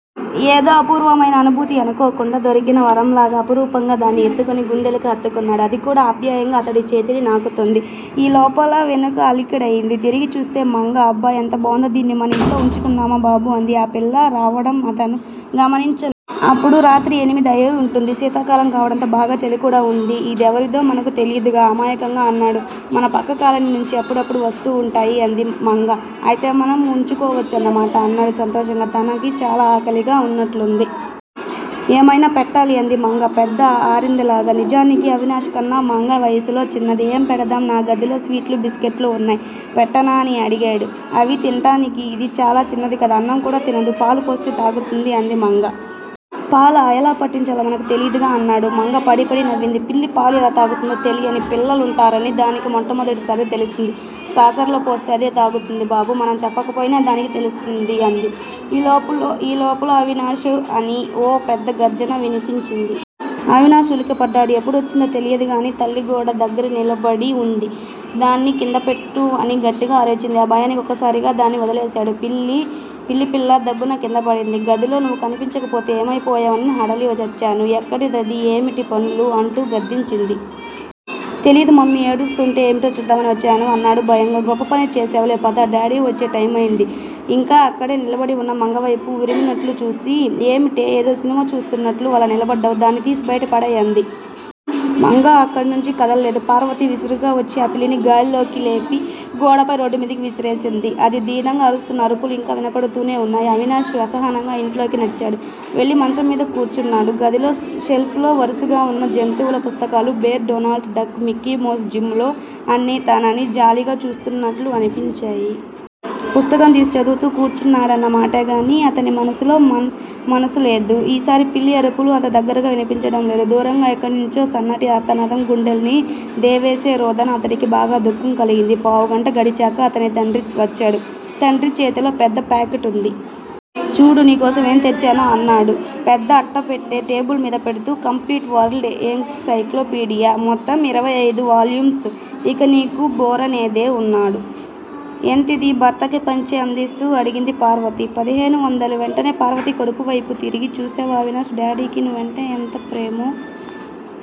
ఏదో అపూర్వమైన అనుభూతి. అనుకోకుండా దొరికిన వరంలాగా అపురూపంగా దాన్ని ఎత్తుకొని గుండెలకి హత్తుకున్నాడు. అదికూడా ఆప్యాయంగా అతడి చేతిని నాకుతోంది. ఈ లోపల వెనుక అలికిడయింది. తిరిగి చూస్తే మంగ. అబ్బ ఎంత బావుందో, దీన్ని మనింట్లో వుంచుకుందామా బాబూ అంది. ఆ పిల్ల రావడం అతను గమనించలేదు. అప్పుడు రాత్రి ఎనిమిది అయి వుంటుంది. శీతాకాలం కావటంతో బాగా చలికూడా వుంది. ఇదెవరిదో మనకి తెలీదుగా అమాయకంగా అన్నాడు. మన పక్క కాలనీ నుంచి అప్పుడప్పుడు వస్తూ వుంటాయి అంది మంగా. అయితే మనం వుంచేసుకోవచ్చన్నమాట అన్నాడు సంతోషంగా. తనకి చాలా ఆకలిగా వున్నట్లుంది. ఏమైనా పెట్టాలి అంది మంగ పెద్ద ఆరిందలాగ. నిజానికి అవినాష్ కన్నా మంగ వయసులో చిన్నదే. ఏం పెడదాం. నా గదిలో స్వీట్లూ, బిస్కట్లు వున్నాయి పెట్టనా అని అడిగాడు. అవి తింటానికి ఇది చాలా చిన్నదికదా! అన్నంకూడా తినదు. పాలుపోస్తే తాగుతుంది అంది మంగ. పాలా? ఎలా పట్టించాలో మనకు తెలీదుగా! అన్నాడు. మంగ పడీ పడీ నవ్వింది. పిల్లి పాలు ఎలా తాగుతుందో తెలియని పిల్ల లుంటారని దానికి మొట్టమొదటి సారి తెలిసింది. సాసర్ లో పోస్తే అదే తాగుతుంది బాబూ. మనం చెప్పకపోయినా దానికి తెలుస్తుంది అంది. ఈ లోపులో అవినాష్ అని ఓ పెద్ద గర్జన వినిపించింది. అవినాష్ ఉలిక్కిపడ్డాడు. ఎప్పుడొచ్చిందో తెలియదు కాని తల్లి గోడ దగ్గిర నిలబడి వుంది. దాన్ని కిందపెట్టు అని గట్టిగా అరిచింది. ఆ భయానికి ఒక్కసారిగా దాన్ని వదిలేశాడు. పిల్లి పిల్ల దబ్బున కిందపడింది. గదిలో నువ్వు కనిపించకపోతే ఏమైపోయావోనని హడలిచచ్చాను. ఎక్కడిదది? ఏమిటీ పనులు? అంటూ గద్దించింది. తెలీదు మమ్మీ. ఏడుస్తూంటే ఏమిటో చూద్దామని వచ్చాను అన్నాడు భయంగా. గొప్ప పని చేశావులే పద. డాడీ వచ్చే టైమయ్యింది అంది. ఇంకా అక్కడే నిలబడివున్న మంగవైపు వురిమినట్లు చూసి ఏమిటే, ఏదో సినిమా చూస్తూన్నట్లు అలా నిలబడ్డావు. దాన్ని తీసి బయట పడేయి అంది. మంగ అక్కడనుంచి కదలలేదు. పార్వతి విసురుగా వచ్చి ఆ పిల్లిని గాలిలోకి లేపి గోడపై రోడ్డుమీదకి విసిరేసింది. అది దీనంగా అరుస్తున్న అరుపులు ఇంకా వినపడుతూనే వున్నాయి. అవినాష్ అసహనంగా ఇంట్లోకి నడిచాడు, వెళ్ళి మంచంమీద కూర్చున్నాడు. గదిలో షెల్ఫ్ లో వరుసగా వున్న జంతువుల పుస్తకాలు 'bear', 'Donald duck' 'Mickey Mouse' 'Jim లో' అన్నీ తనని జాలిగా చూస్తున్నట్లు అనిపించాయి. పుస్తకం తీసి చదువుతూ కూర్చున్నాడన్న మాటేగాని అతని మనసు మనసులో లేదు. ఈసారి పిల్లి అరుపులు అంత దగ్గరగా వినిపించడంలేదు. దూరంగా ఎక్కడినుంచో సన్నటి ఆర్తనాదం, గుండెల్ని దేవేసేరోదన, అతడికి బాగా దుఃఖం కలిగింది. పావుగంట గడిచాక అతని తండ్రి వచ్చాడు. తండ్రి చేతిలో పెద్ద ప్యాకెట్ వుంది. చూడు నీకోసం ఏం తెచ్చానో అన్నాడు. పెద్ద అట్టపెట్టె టేబుల్ మీద పెడుతూ. Complete world encyclopedia. మొత్తం ఇరవై అయిదు వాల్యూమ్స్. ఇక నీకు బోరనేదే వుండదు అన్నాడు. ఎంతిది? భర్తకి పంచె అందిస్తూ అడిగింది పార్వతి. పదిహేను వందలు. వెంటనే పార్వతి కొడుకువైపు తిరిగి చూశావా అవినాష్, డాడీకి నువ్వంటే ఎంత ప్రేమో!